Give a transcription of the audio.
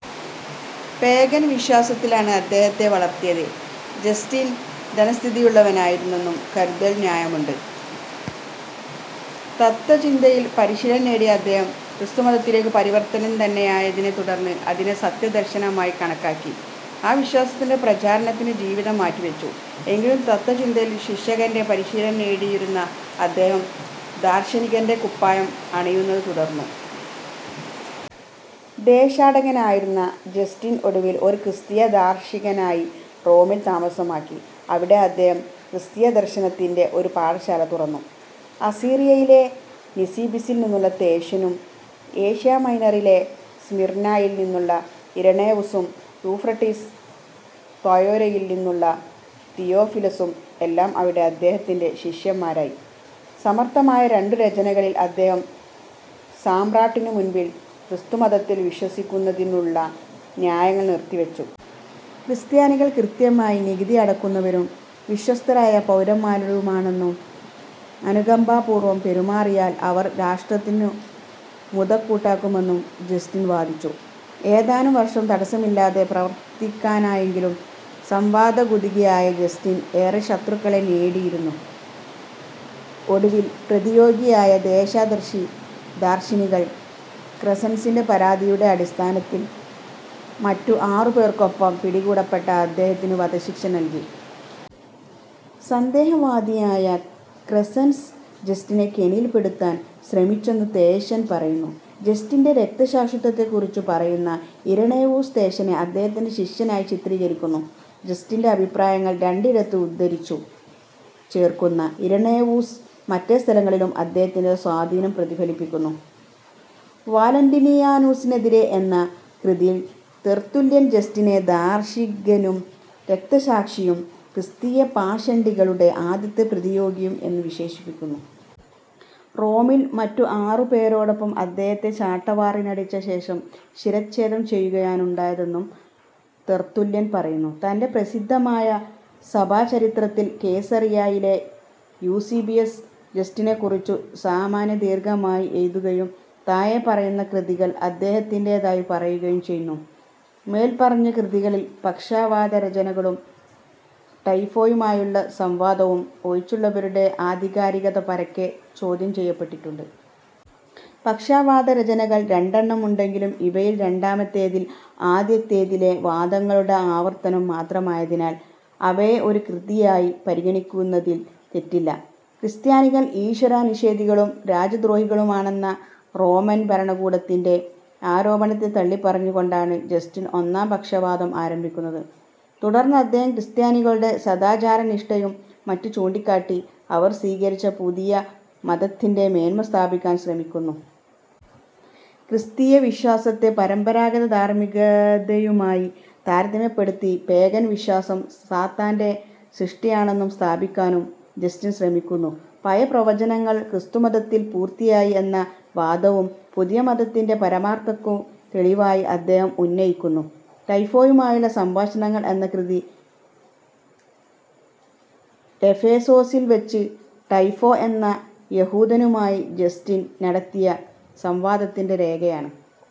Pagan വിശ്വാസത്തിലാണ് അദ്ദേഹത്തെ വളർത്തിയത്. ജസ്റ്റിൻ ധനസ്ഥിതിയുള്ളവനായിരുന്നെന്നു കരുതാൻ ന്യയമുണ്ട്. തത്ത്വചിന്തയിൽ പരിശീലനം നേടിയ അദ്ദേഹം ക്രിസ്തുമതത്തിലേക്കു പരിവർത്തിതനായതിനെ തുടർന്ന് അതിനെ സത്യദർശനമായി കണക്കാക്കി ആ വിശ്വാസത്തിന്റെ പ്രചാരണത്തിനു ജീവിതം മാറ്റിവച്ചു. എങ്കിലും, തത്ത്വചിന്തയിൽ ശിക്ഷകന്റെ പരിശീലം നേടിയിരുന്ന അദ്ദേഹം ദാർശനികന്റെ കുപ്പായം അണിയുന്നതു തുടർന്നു. ദേശാടകനായിരുന്ന ജസ്റ്റിൻ ഒടുവിൽ ഒരു ക്രിസ്തീയ ദാർശനികനായി റോമിൽ താമസമാക്കി. അവിടെ അദ്ദേഹം ക്രിസ്തീയദർശനത്തിന്റെ ഒരു പാഠശാല തുറന്നു. അസീറിയയിലെ നിസിബിസിൽ നിന്നുള്ള തേഷനും, ഏഷ്യാമൈനറിലെ സ്മിർനായിൽ നിന്നുള്ള ഇരണേവൂസും, യൂഫ്രട്ടീസ് താഴ്വരയിൽ നിന്നുള്ള തിയോഫിലസും എല്ലാം അവിടെ അദ്ദേഹത്തിന്റെ ശിഷ്യന്മാരായി. സമർത്ഥമായ രണ്ടു രചനകളിൽ അദ്ദേഹം സാമ്രാട്ടിനു മുൻപിൽ ക്രിസ്തുമതത്തിൽ വിശ്വസിക്കുന്നതിനുള്ള ന്യായങ്ങൾ നിരത്തിവച്ചു. ക്രിസ്ത്യാനികൾ കൃത്യമായി നികുതി അടയ്ക്കുന്നവരും വിശ്വസ്തരായ പൗരന്മാരുമാണെന്നും അനുകമ്പാപൂർവം പെരുമാറിയാൽ അവർ രാഷ്ട്രത്തിനു മുതക്കൂട്ടാകുമെന്നും ജസ്റ്റിൻ വാദിച്ചു. ഏതാനും വർഷം തടസ്സമില്ലാതെ പ്രവർത്തിക്കാനായെങ്കിലും സംവാദകുതുകിയായ ജസ്റ്റിൻ ഏറെ ശത്രുക്കളെ നേടിയിരുന്നു. ഒടുവിൽ പ്രതിയോഗിയായ ദോഷദർശി ദാർശനികൻ ക്രെസൻസിന്റെ പരാതിയുടെ അടിസ്ഥാനത്തിൽ മറ്റു ആറു പേർക്കൊപ്പം പിടികൂടപ്പെട്ട അദ്ദേഹത്തിനു വധശിക്ഷ നൽകി. സന്ദേഹവാദിയായ ക്രെസൻസ് ജസ്റ്റിനെ കെണിയിൽ പെടുത്താൻ ശ്രമിച്ചെന്നും തേഷൻ പറയുന്നു. ജസ്റ്റിന്റെ രക്തസാക്ഷിത്വത്തെക്കുറിച്ചു പറയുന്ന ഇരണേവൂസ് തേഷനെ അദ്ദേഹത്തിന്റെ ശിഷ്യനായി ചിത്രീകരിക്കുന്നു. ജസ്റ്റിന്റെ അഭിപ്രായങ്ങൾ രണ്ടിടത്ത് ഉദ്ധരിച്ചു ചേർക്കുന്ന ഇരണേവൂസ് മറ്റു സ്ഥലങ്ങളിലും അദ്ദേഹത്തിന്റെ സ്വാധീനം പ്രതിഫലിപ്പിക്കുന്നു. "വാലന്റീനിയാനൂസിനെതിരെ" എന്ന കൃതിയിൽ തെർത്തുല്യൻ ജസ്റ്റിനെ ദാർശനികനും രക്തസാക്ഷിയും, ക്രിസ്തീയ പാഷണ്ഡികളുടെ ആദ്യത്തെ പ്രതിയോഗിയും എന്നു വിശേഷിപ്പിക്കുന്നു. റോമിൽ മറ്റു ആറു പേരോടൊപ്പം അദ്ദേഹത്തെ ചാട്ടവാറിനടിച്ച ശേഷം ശിരഛേദം ചെയ്യുകയാണുണ്ടായതെന്നും തെർത്തുല്യൻ പറയുന്നു. തന്റെ പ്രസിദ്ധമായ സഭാചരിത്രത്തിൽ കേസറിയായിലെ യൂസീബിയസ് ജസ്റ്റിനെക്കുറിച്ചു സാമാന്യം ദീർഘമായി എഴുതുകയും, താഴെപ്പറയുന്ന കൃതികൾ അദ്ദേഹത്തിന്റേതായി പറയുകയും ചെയ്യുന്നു: മേല്പറഞ്ഞ കൃതികളിൽ, പക്ഷവാദരചനകളും, ടൈഫോയുമായുള്ള സംവാദവും ഒഴിച്ചുള്ളവയുടെ ആധികാരികത പരക്കെ ചോദ്യം ചെയ്യപ്പെട്ടിട്ടുണ്ട്. പക്ഷവാദരചനകൾ രണ്ടെണ്ണം ഉണ്ടെങ്കിലും ഇവയിൽ രണ്ടാമത്തേതിൽ ആദ്യത്തേതിലെ വാദങ്ങളുടെ ആവർത്തനം മാത്രമായതിനാൽ, അവയെ ഒരു കൃതിയായി പരിഗണിക്കുന്നതിൽ തെറ്റില്ല. ക്രിസ്ത്യാനികൾ ഈശ്വരനിഷേധികളും രാജ്യദ്രോഹികളുമാണെന്ന റോമൻ ഭരണകൂടത്തിന്റെ ആരോപണത്തെ തള്ളിപ്പറഞ്ഞുകൊണ്ടാണ് ജസ്റ്റിൻ ഒന്നാം പക്ഷവാദം ആരംഭിക്കുന്നത്. തുടർന്നദ്ദേഹം ക്രിസ്ത്യാനികളുടെ സദാചാരനിഷ്ഠയും മറ്റും ചൂണ്ടിക്കാട്ടി അവർ സ്വീകരിച്ച പുതിയ മതത്തിന്റെ മേന്മ സ്ഥാപിക്കാൻ ശ്രമിക്കുന്നു. ക്രിസ്തീയവിശ്വാസത്തെ പരമ്പരാഗതധാർമ്മികതയുമായി താരതമ്യപ്പെടുത്തി പേഗൻ വിശ്വാസം സാത്താന്റെ സൃഷ്ടിയാണെന്നു സ്ഥാപിക്കാനും ജസ്റ്റിൻ ശ്രമിക്കുന്നു. പഴയ പ്രവചനങ്ങൾ ക്രിസ്തുമതത്തിൽ പൂർത്തിയായി എന്ന വാദവും പുതിയ മതത്തിന്റെ പരമാർത്ഥതയ്ക്കു തെളിവായി അദ്ദേഹം ഉന്നയിക്കുന്നു. "ടൈഫോയുമായുള്ള സംഭാഷണങ്ങൾ" എന്ന കൃതി എഫേസോസിൽ വച്ച് ടൈഫോ എന്ന യഹൂദനുമായി ജസ്റ്റിൻ നടത്തിയ സംവാദത്തിന്റെ രേഖയാണ്.